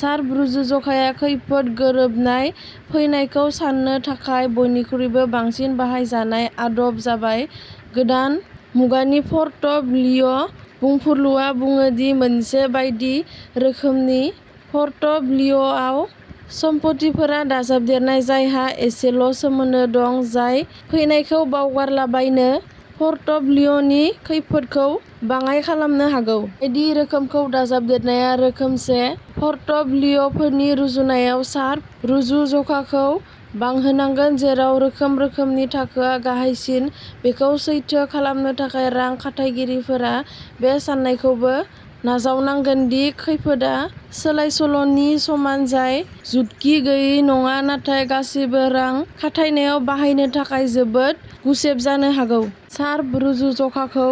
Sharp रुजुजखाया खैफोद गोरोबनाय फैनायखौ सान्नो थाखाय बयनिख्रुइबो बांसिन बाहायजानाय आदब जाबाय। गोदान मुगानि पर्टफ'लिय'बुंफुरलुआ बुङो दि मोनसे बायदि रोखोमनि पर्टफ'लिय'आव सम्फथिफोर दाजाबदेरनाय जायहा एसेल' सोमोन्दो दं जाय फैनायखौ बावगारालाबानो पर्टफ'लिय'नि खैफोदखौ बाङाइ खालामनो हागौ। बायदि रोखोमखौ दाजाबदेरनाया रोखोमसे पर्टफ'लिय'फोरनि रुजुनायाव शार्प रुजुज'खाखौ बांहोनांगोन जेराव रोखोम रोखोमनि थाखोआ गाहायसिन। बेखौ सैथो खालामनो थाखाय रां खाथायगिरिफोरा बे सान्नायखौबो नाजावनांगोन दि खैफोदआ सोलायसोल'नि समान जाय जुक्ति गैयै नङा नाथाय गासैबो रां खाथायनायाव बाहायनो थाखाय जोबोद गुसेब जानो हागौ। शार्प रुजुज'खाखौ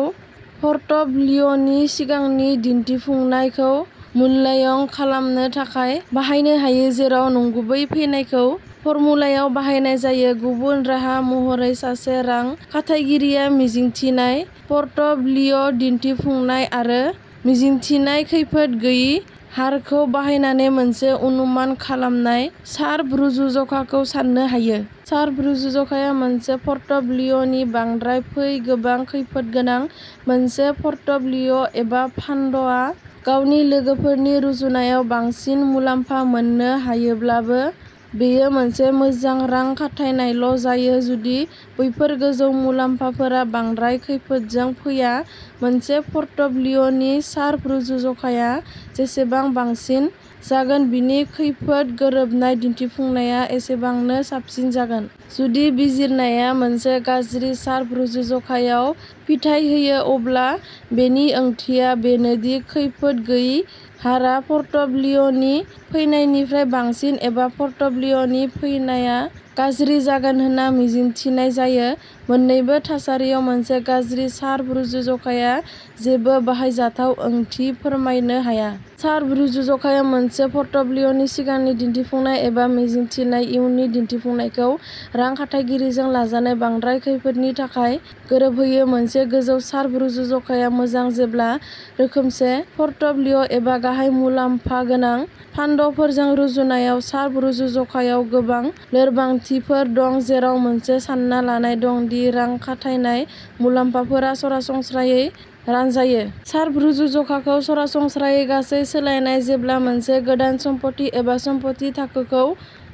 पर्टफ'लिय'नि सिगांनि दिन्थिफुंनाय खौ मूल्याङ्कन खालामनो थाखाय बाहायनो हायो जेराव नंगुबै फैनायखौ फर्मुलायाव बाहायनाय जायो। गुबुन राहा महरै सासे रां खाथायगिरिया मिजिंथिनाय पर्टफ'लिय'दिन्थिफुंनाय आरो मिजिंथिनाय खैफोद गैयै हारखौ बाहायनानै मोनसे अनुमान खालामनाय शार्प रुजुज'खाखौ साननो हायो। शार्प रुजुज'खाया मोनसे पर्टफ'लिय'नि बांद्राय फै गोबां खैफोद गोनां। मोनसे पर्टफ'लिय'एबा फान्डआ गावनि लोगोफोरनि रुजुनायाव बांसिन मुलाम्फा मोननो हायोब्लाबो बेयो मोनसे मोजां रां खाथायनायल'जायो जुदि बैफोर गोजौ मुलाम्फाफोरा बांद्राय खैफोदजों फैया। मोनसे पर्टफ'लिय'नि शार्प रुजुज'खाया जेसेबां बांसिन जागोन बिनि खैफोद गोरोबनाय दिन्थिफुंनाया एसेबांनो साबसिन जागोन। जुदि बिजिरनाया मोनसे गाज्रि शार्प रुजुज'खायाव फिथाय होयो अब्ला बेनि ओंथिया बेनोदि खैफोद गैयै हारआ पर्टफ'लिय'नि फैफिन्नायनिफ्राय बांसिन एबा पर्टफ'लिय'नि फैफिन्नायआ गाज्रि जागोन होनना मिजिंथिनाय जायो। मोननैबो थासारियाव मोनसे गाज्रि शार्प रुजुज'खाया जेबो बाहायजाथाव ओंथि फोरमायनो हाया। शार्प रुजुज'खाया मोनसे पर्टफ'लिय'नि सिगांनि दिन्थिफुंनाय एबा मिजिंथिनाय इयुननि दिन्थिफुंनायखौ रां खाथायगिरिजों लाजानाय बांद्राय खैफोदनि थाखाय गोरोबहोयो। मोनसे गोजौ शार्प रुजुज'खाया मोजां जेब्ला रोखोमसे पर्टफ'लिय'एबा गाहाय मुलाम्फा गोनां फान्डफोरजों रुजुनायाव। शार्प रुजुज'खायाव गोबां लोरबांथिफोर दं जेराव मोनसे सानना लानाय दं दि रां खाथायनाय मुलाम्फाफोरा सरासनस्रायै रानजायो। शार्प रुजुज'खाखौ सरासनस्रायै गासै सोलायनाय जेब्ला मोनसे गोदान सम्फथि एबा सम्फथि थाखोखौ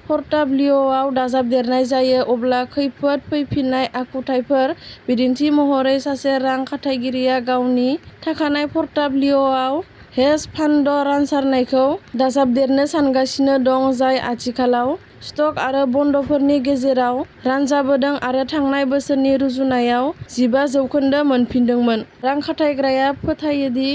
पर्टफ'लिय'आव दाजाबदेरनाय जायो अब्ला खैफोद फैफिन्नाय आखुथायफोर। बिदिन्थि महरै सासे रां खाथायग्राया गावनि थाखानाय पर्टफ'लिय'आव हेज फान्ड रानसारनायखौ दाजाबदेरनो सानगासिनो दं जाय आथिखालाव स्टक आरो बन्डफोरनि गेजेराव रानजाबोदों आरो थांनाय बोसोरनि रुजुनायाव जिबा जौखोन्दो मोनफिन्दोंमोन। रां खाथायग्राया फोथायो दि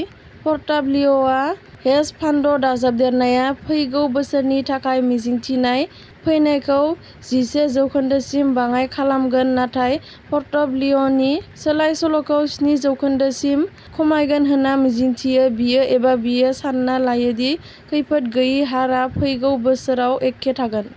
पर्टफ'लिय'आव हेज फान्ड दाजाबदेरनाया फैगौ बोसोरनि थाखाय मिजिंथिनाय फैनायखौ जिसे जौखोन्दो सिम बाङाइ खालामगोन नाथाय पर्टफ'लिय'नि सोलाय सोल'खौ स्नि जौखोन्दो सिम खमायगोन होनना मिजिंथियो। बियो एबा बियो सान्ना लायो दि खैफोद गैयै हारआ फैगौ बोसोराव एखे थागोन।